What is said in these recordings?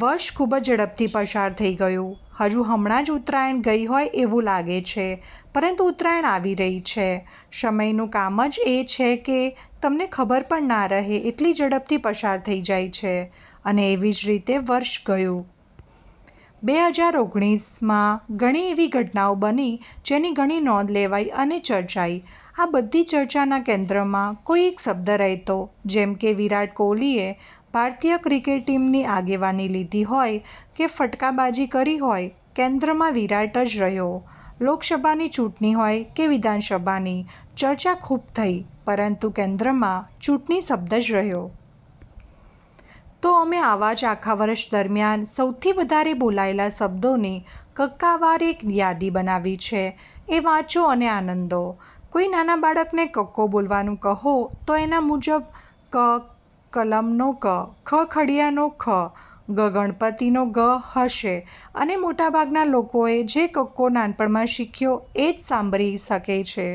વર્ષ ખૂબ જ ઝડપથી પસાર થઈ ગયું, હજુ હમણાં જ ઉત્તરાયણ ગઈ હોય એવું લાગે છે; પરંતુ ઉત્તરાયણ આવી રહી છે. સમયનું કામ જ એ છે કે તમને ખબર પણ ના રહે એટલી ઝડપથી પસાર થઈ જાય છે અને એવી જ રીતે વર્ષ ગયું. બે હજાર ઓગણીસ માં ઘણી એવી ઘટનાઓ બની જેની ઘણી નોંધ લેવાઈ અને ચર્ચાઈ. આ બધી ચર્ચાના કેન્દ્રમાં કોઈ એક શબ્દ રહેતો. જેમ કે, વિરાટ કોહલીએ ભારતીય ક્રિકેટ ટીમની આગેવાની લીધી હોય કે ફટકાબાજી કરી હોય કેન્દ્રમાં વિરાટ જ રહ્યો, લોકસભાની ચૂંટણી હોય કે વિધાનસભાની, ચર્ચા ખૂબ થઈ પરંતુ કેન્દ્રમાં ચૂંટણી શબ્દ જ રહ્યો. તો, અમે આવા જ આખા વર્ષ દરમિયાન સૌથી વધારે બોલાયેલા શબ્દોની કક્કાવાર એક યાદી બનાવી છે એ વાંચો અને આનંદો. કોઈ નાના બાળકને કક્કો બોલવાનું કહો તો એના મુજબ ક કલમનો ક, ખ ખડિયાનો ખ, ગ ગણપતિનો ગ હશે અને મોટાભાગના લોકોએ જે કક્કો નાનપણમાં શીખ્યો એ જ સાંભરી શકે છે.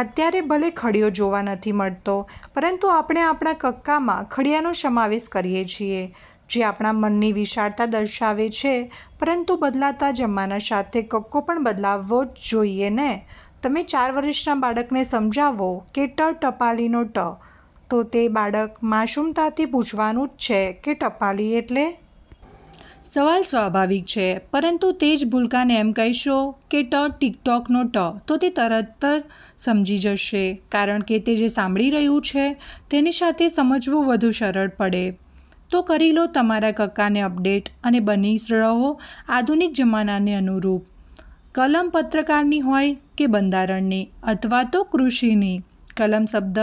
અત્યારે ભલે ખડિયો જોવા નથી મળતો પરંતુ આપણે આપણા કક્કામાં ખડિયાનો સમાવેશ કરીએ છીએ જે આપણા મનની વિશાળતા દર્શાવે છે પરંતુ બદલાતા જમાના સાથે કક્કો પણ બદલાવો જ જોઈએ ને! તમે ચાર વર્ષના બાળકને સમજાવો કે 'ટ ટપાલીનો ટ' તો તે બાળક માસુમતાથી પૂછવાનું જ છે કે 'ટપાલી એટલે? ' સવાલ સ્વાભાવિક છે પરંતુ તે જ ભૂલકાને એમ કહેશો કે 'ટ ટિકટોકનો ટ' તો તે તરત સમજી જશે. કારણકે તે જે સાંભળી રહ્યું છે તેની સાથે સમજવું વધુ સરળ પડે. તો કરી લો તમારા કક્કાને અપડેટ અને બની રહો 'આધુનિક જમાનાને અનુરૂપ' કલમ પત્રકારની હોય કે બંધારણની અથવા તો કૃષિની; કલમ શબ્દ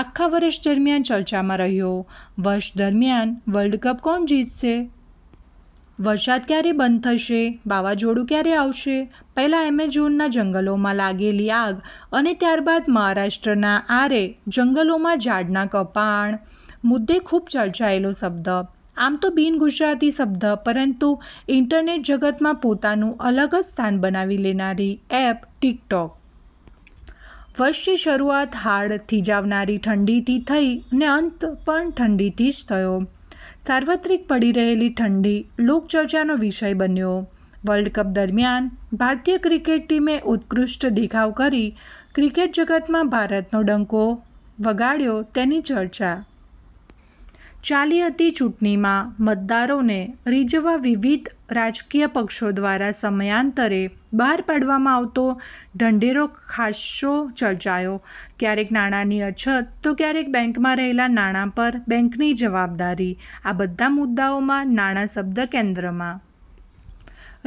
આખા વર્ષ દરમિયાન ચર્ચામાં રહ્યો વર્ષ દરમિયાન "વર્લ્ડ કપ કોણ જીતશે? ", "વરસાદ ક્યારે બંધ થશે? ", "વાવાઝોડું ક્યારે આવશે? પહેલા એમેઝોનના જંગલોમાં લાગેલી આગ અને ત્યારબાદ મહારાષ્ટ્રના આરે જંગલોમાં ઝાડના કપાણ મુદ્દે ખૂબ ચર્ચાયેલો શબ્દ. આમ તો બિનગુજરાતી શબ્દ પરંતુ ઈન્ટરનેટ જગતમાં પોતાનું અલગ જ સ્થાન બનાવી લેનારી એપ ટિકટોક. વર્ષની શરૂઆત હાડ થીજાવનારી ઠંડીથી થઈને અંત પણ ઠંડીથી જ થયો. સાર્વત્રિક પડી રહેલી ઠંડી લોકચર્ચાનો વિષય બન્યો. વર્લ્ડકપ દરમિયાન ભારતીય ક્રિકેટ ટીમે ઉત્કૃષ્ટ દેખાવ કરી ક્રિકેટ જગતમાં ભારતનો ડંકો વગાડ્યો તેની ચર્ચા ચાલી હતી ચૂંટણીમાં મતદારોને રીઝવવા વિવિધ રાજકીય પક્ષો દ્વારા સમયાંતરે બહાર પાડવામાં આવતો ઢંઢેરો ખાસ્સો ચર્ચાયો ક્યારેક નાણાંની અછત તો ક્યારેક બેંકમાં રહેલાં નાણાં પર બેન્કની જવાબદારી આ બધા મુદ્દાઓમાં નાણાં શબ્દ કેન્દ્રમાં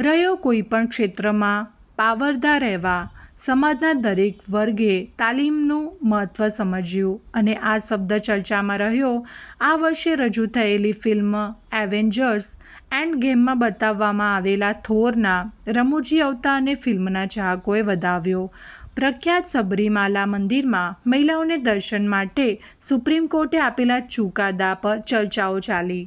રહ્યો કોઈ પણ ક્ષેત્રમાં પાવરધા રહેવા સમાજના દરેક વર્ગે તાલીમનું મહત્ત્વ સમજ્યું અને આ શબ્દ ચર્ચામાં રહ્યો આ વર્ષે રજૂ થયેલી ફિલ્મ એવેન્જર્સ: એન્ડ ગેમમાં બતાવવામાં આવેલા થોરના રમુજી અવતારને ફિલ્મના ચાહકોએ વધાવ્યો પ્રખ્યાત સબરીમાલા મંદિરમાં મહિલાઓને દર્શન માટે સુપ્રીમ કોર્ટે આપેલા ચુકાદા પર ચર્ચાઓ ચાલી।